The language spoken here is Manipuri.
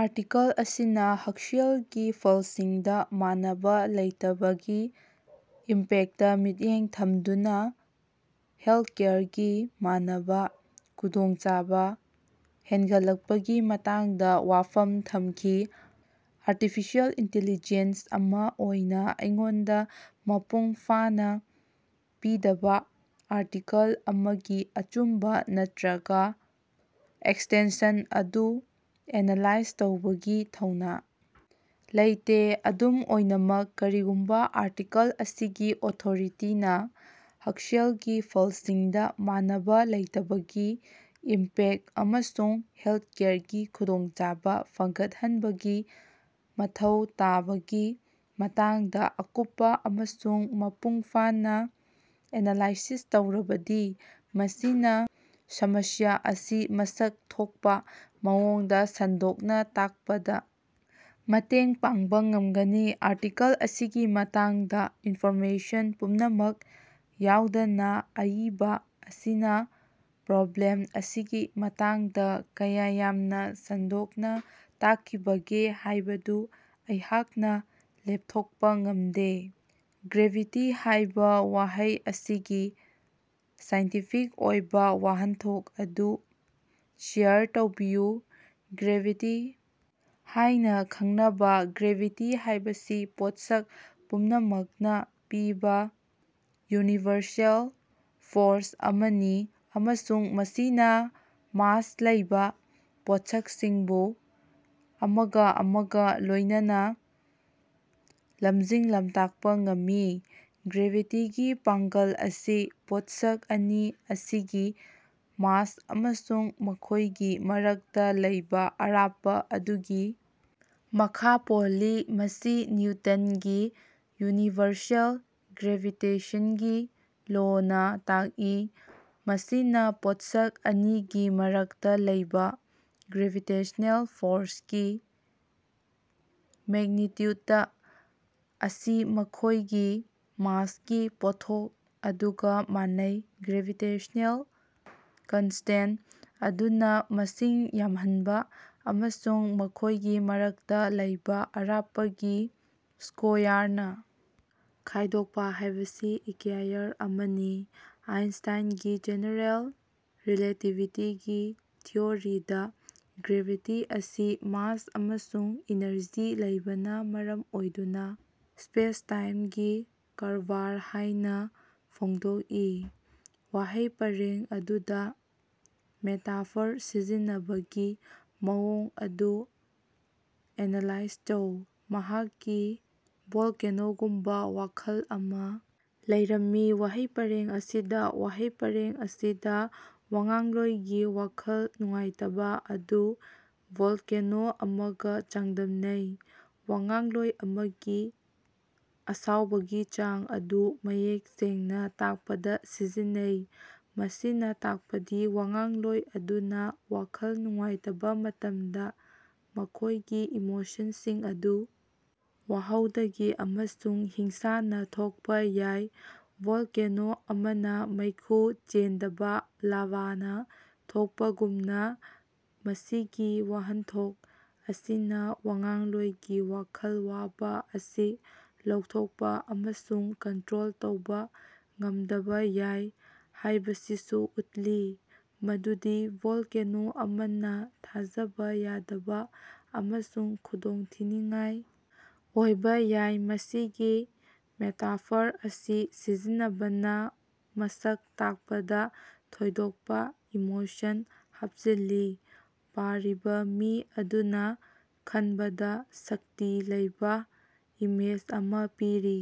ꯑꯥꯔꯇꯤꯀꯜ ꯑꯁꯤꯅ ꯍꯛꯁꯦꯜꯒꯤ ꯐꯜꯁꯤꯡꯗ ꯃꯥꯟꯅꯕ ꯂꯩꯇꯕꯒꯤ ꯏꯝꯄꯦꯛꯇꯇ ꯃꯤꯠꯌꯦꯡ ꯊꯝꯗꯨꯅ ꯍꯦꯜꯊꯀꯦꯌꯔꯒꯤ ꯃꯥꯟꯅꯕ ꯈꯨꯗꯣꯡꯆꯥꯕ ꯍꯦꯟꯒꯠꯂꯛꯄꯒꯤ ꯃꯇꯥꯡꯗ ꯋꯥꯐꯝ ꯊꯝꯈꯤ꯫ ꯑꯥꯔꯇꯤꯐꯤꯁꯤꯌꯦꯜ ꯏꯟꯇꯦꯂꯤꯖꯦꯟꯁ ꯑꯃ ꯑꯣꯏꯅ ꯑꯩꯉꯣꯟꯗ ꯃꯄꯨꯡ ꯐꯥꯅ ꯄꯤꯗꯕ ꯑꯥꯔꯇꯤꯀꯜ ꯑꯃꯒꯤ ꯑꯆꯨꯝꯕ ꯅꯠꯇ꯭ꯔꯒ ꯑꯦꯛꯁꯇꯦꯟꯁꯟ ꯑꯗꯨ ꯑꯦꯅꯂꯥꯏꯖ ꯇꯧꯕꯒꯤ ꯊꯧꯅ ꯂꯩꯇꯦ꯫ ꯑꯗꯨꯝ ꯑꯣꯏꯅꯃꯛ, ꯀꯔꯤꯒꯨꯝꯕ ꯑꯥꯔꯇꯤꯀꯜ ꯑꯁꯤꯒꯤ ꯑꯣꯊꯣꯔꯤꯇꯤꯅ ꯍꯛꯁꯦꯜꯒꯤ ꯐꯜꯁꯤꯡꯗ ꯃꯥꯟꯅꯕ ꯂꯩꯇꯕꯒꯤ ꯏꯝꯄꯦꯛꯇ ꯑꯃꯁꯨꯡ ꯍꯦꯜꯊꯀꯦꯌꯔꯒꯤ ꯈꯨꯗꯣꯡꯆꯥꯕ ꯐꯒꯠꯍꯟꯕꯒꯤ ꯃꯊꯧ ꯇꯥꯕꯒꯤ ꯃꯇꯥꯡꯗ ꯑꯀꯨꯞꯄ ꯑꯃꯁꯨꯡ ꯃꯄꯨꯡ ꯐꯥꯅ ꯑꯦꯅꯂꯥꯏꯁꯤꯁ ꯇꯧꯔꯕꯗꯤ ꯃꯁꯤꯅ ꯁꯃꯁ꯭ꯌꯥ ꯑꯁꯤ ꯃꯁꯛ ꯊꯣꯛꯄ ꯃꯑꯣꯡꯗ ꯁꯟꯗꯣꯛꯅ ꯇꯥꯛꯄꯗ ꯃꯇꯦꯡ ꯄꯥꯡꯕ ꯉꯝꯒꯅꯤ꯫ ꯑꯥꯔꯇꯤꯀꯜ ꯑꯁꯤꯒꯤ ꯃꯇꯥꯡꯗ ꯏꯟꯐꯣꯔꯃꯦꯁꯟ ꯄꯨꯝꯅꯃꯛ ꯌꯥꯎꯗꯅ ꯑꯏꯕ ꯑꯁꯤꯅ ꯄ꯭ꯔꯣꯕ꯭ꯂꯦꯝ ꯑꯁꯤꯒꯤ ꯃꯇꯥꯡꯗ ꯀꯌꯥ ꯌꯥꯝꯅ ꯁꯟꯗꯣꯛꯅ ꯇꯥꯛꯈꯤꯕꯒꯦ ꯍꯥꯏꯕꯗꯨ ꯑꯩꯍꯥꯛꯅ ꯂꯦꯞꯊꯣꯛꯄ ꯉꯝꯗꯦ꯫ "ꯒ꯭ꯔꯦꯚꯤꯇꯤ" ꯍꯥꯏꯕ ꯋꯥꯍꯩ ꯑꯁꯤꯒꯤ ꯁꯥꯏꯟꯇꯤꯐꯤꯛ ꯑꯣꯏꯕ ꯋꯥꯍꯟꯊꯣꯛ ꯑꯗꯨ ꯁꯦꯌꯔ ꯇꯧꯕꯤꯌꯨ꯫ ꯒ꯭ꯔꯦꯚꯤꯇꯤ ꯍꯥꯏꯅ ꯈꯪꯅꯕ ꯒ꯭ꯔꯦꯚꯤꯇꯤ ꯍꯥꯏꯕꯁꯤ ꯄꯣꯠꯁꯛ ꯄꯨꯝꯅꯃꯛꯅ ꯄꯤꯕ ꯌꯨꯅꯤꯚꯔꯁꯦꯜ ꯐꯣꯔꯁ ꯑꯃꯅꯤ ꯑꯃꯁꯨꯡ ꯃꯁꯤꯅ ꯃꯥꯁ ꯂꯩꯕ ꯄꯣꯠꯁꯛꯁꯤꯡꯕꯨ ꯑꯃꯒ ꯑꯃꯒ ꯂꯣꯏꯅꯅ ꯂꯝꯖꯤꯡ-ꯂꯝꯇꯥꯛꯄ ꯉꯝꯃꯤ꯫ ꯒ꯭ꯔꯦꯚꯤꯇꯤꯒꯤ ꯄꯥꯡꯒꯜ ꯑꯁꯤ ꯄꯣꯠꯁꯛ ꯑꯅꯤ ꯑꯁꯤꯒꯤ ꯃꯥꯁ ꯑꯃꯁꯨꯡ ꯃꯈꯣꯏꯒꯤ ꯃꯔꯛꯇ ꯂꯩꯕ ꯑꯔꯥꯞꯄ ꯑꯗꯨꯒꯤ ꯃꯈꯥ ꯄꯣꯜꯂꯤ꯫ ꯃꯁꯤ ꯅꯤꯎꯇꯟꯒꯤ ꯌꯨꯅꯤꯚꯔꯁꯦꯜ ꯒ꯭ꯔꯦꯚꯤꯇꯦꯁꯟꯒꯤ ꯂꯣꯅ ꯇꯥꯛꯏ꯫ ꯃꯁꯤꯅ ꯄꯣꯠꯁꯛ ꯑꯅꯤꯒꯤ ꯃꯔꯛꯇ ꯂꯩꯕ ꯒ꯭ꯔꯦꯚꯤꯇꯦꯁꯟꯅꯦꯜ ꯐꯣꯔꯁꯀꯤ ꯃꯦꯒꯅꯤꯇ꯭ꯌꯨꯗ ꯑꯁꯤ ꯃꯈꯣꯏꯒꯤ ꯃꯥꯁꯀꯤ ꯄꯣꯠꯊꯣꯛ ꯑꯗꯨꯒ ꯃꯥꯟꯅꯩ꯫ ꯒ꯭ꯔꯦꯚꯤꯇꯦꯁꯟꯅꯦꯜ ꯀꯟꯁꯇꯦꯟꯇ ꯑꯗꯨꯅ ꯃꯁꯤꯡ ꯌꯥꯝꯍꯟꯕ ꯑꯃꯁꯨꯡ ꯃꯈꯣꯏꯒꯤ ꯃꯔꯛꯇ ꯂꯩꯕ ꯑꯔꯥꯞꯄꯒꯤ ꯁ꯭ꯀꯣꯌꯥꯔꯅ ꯈꯥꯏꯗꯣꯛꯄ ꯍꯥꯏꯕꯁꯤ ꯏꯀ꯭ꯌꯥꯏꯌꯔ ꯑꯃꯅꯤ꯫ ꯑꯥꯏꯟꯁꯇꯥꯏꯟꯒꯤ ꯖꯦꯅꯦꯔꯦꯜ ꯔꯤꯂꯦꯇꯤꯚꯤꯇꯤꯒꯤ ꯊꯤꯑꯣꯔꯤꯗ ꯒ꯭ꯔꯦꯚꯤꯇꯤ ꯑꯁꯤ ꯃꯥꯁ ꯑꯃꯁꯨꯡ ꯏꯅꯔꯖꯤ ꯂꯩꯕꯅ ꯃꯔꯝ ꯑꯣꯏꯗꯨꯅ ꯁ꯭ꯄꯦꯁꯇꯥꯏꯝꯒꯤ ꯀꯔꯕꯥꯔ ꯍꯥꯏꯅ ꯐꯣꯡꯗꯣꯛꯏ꯫ ꯋꯥꯍꯩ ꯄꯔꯦꯡ ꯑꯗꯨꯗ ꯃꯦꯇꯥꯐꯣꯔ ꯁꯤꯖꯤꯟꯅꯕꯒꯤ ꯃꯑꯣꯡ ꯑꯗꯨ ꯑꯦꯅꯂꯥꯏꯖ ꯇꯧ꯫ ꯃꯍꯥꯛꯀꯤ ꯚꯣꯜꯀꯦꯅꯣꯒꯨꯝꯕ ꯋꯥꯈꯜ ꯑꯃꯥ ꯂꯩꯔꯝꯃꯤ꯫ ꯋꯥꯍꯩ ꯄꯔꯦꯡ ꯑꯁꯤꯗ ꯋꯥꯍꯩ ꯄꯔꯦꯡ ꯑꯁꯤꯅ ꯋꯥꯉꯥꯡꯂꯣꯏꯒꯤ ꯋꯥꯈꯜ ꯅꯨꯡꯉꯥꯏꯇꯕ ꯑꯗꯨ ꯚꯣꯜꯀꯦꯅꯣ ꯑꯃꯒ ꯆꯥꯡꯗꯝꯅꯩ꯫ ꯋꯥꯉꯥꯡꯂꯣꯏ ꯑꯗꯨꯒꯤ ꯑꯁꯥꯎꯕꯒꯤ ꯆꯥꯡ ꯑꯗꯨ ꯃꯌꯦꯛ ꯁꯦꯡꯅ ꯇꯥꯛꯄꯗ ꯁꯤꯖꯤꯟꯅꯩ꯫ ꯃꯁꯤꯅ ꯇꯥꯛꯄꯗꯤ ꯋꯥꯉꯥꯡꯂꯣꯏ ꯑꯗꯨꯅ ꯋꯥꯈꯜ ꯅꯨꯡꯉꯥꯏꯇꯕ ꯃꯇꯝꯗ ꯃꯈꯣꯏꯒꯤ ꯏꯃꯣꯁꯟꯁꯤꯡ ꯑꯗꯨ ꯈꯪꯍꯧꯗꯅ ꯑꯃꯁꯨꯡ ꯍꯤꯡꯁꯥꯅ ꯊꯣꯛꯄ ꯌꯥꯏ꯫ ꯚꯣꯜꯀꯦꯅꯣ ꯑꯃꯅ ꯃꯩꯈꯨ ꯆꯦꯟꯗꯕ ꯂꯥꯚꯥꯅ ꯊꯣꯛꯄꯒꯨꯝꯅ꯫ ꯃꯁꯤꯒꯤ ꯋꯥꯍꯟꯊꯣꯛ ꯑꯁꯤꯅ ꯋꯥꯉꯥꯡꯂꯣꯏꯒꯤ ꯋꯥꯈꯜ ꯋꯥꯕ ꯑꯁꯤ ꯂꯧꯊꯣꯛꯄ ꯑꯃꯁꯨꯡ ꯀꯟꯇ꯭ꯔꯣꯜ ꯇꯧꯕ ꯉꯝꯗꯕ ꯌꯥꯏ ꯍꯥꯏꯕꯁꯤꯁꯨ ꯎꯠꯂꯤ꯫ ꯃꯗꯨꯗꯤ ꯚꯣꯜꯀꯦꯅꯣ ꯑꯃꯅ ꯊꯥꯖꯕ ꯌꯥꯗꯕ ꯑꯃꯁꯨꯡ ꯈꯨꯗꯣꯡꯊꯤꯅꯤꯡꯉꯥꯏ ꯑꯣꯏꯕ ꯌꯥꯏ꯫ ꯃꯁꯤꯒꯤ ꯃꯦꯇꯥꯐꯣꯔ ꯑꯁꯤ ꯁꯤꯖꯤꯟꯅꯕꯅ ꯃꯁꯛ ꯇꯥꯛꯄꯗ ꯊꯣꯏꯗꯣꯛꯄ ꯏꯃꯣꯁꯟ ꯍꯥꯞꯆꯤꯜꯂꯤ꯫ ꯄꯥꯔꯤꯕ ꯃꯤ ꯑꯗꯨꯅ ꯈꯟꯕꯗ ꯁꯛꯇꯤ ꯂꯩꯕ ꯏꯃꯦꯖ ꯑꯃ ꯄꯤꯔꯤ꯫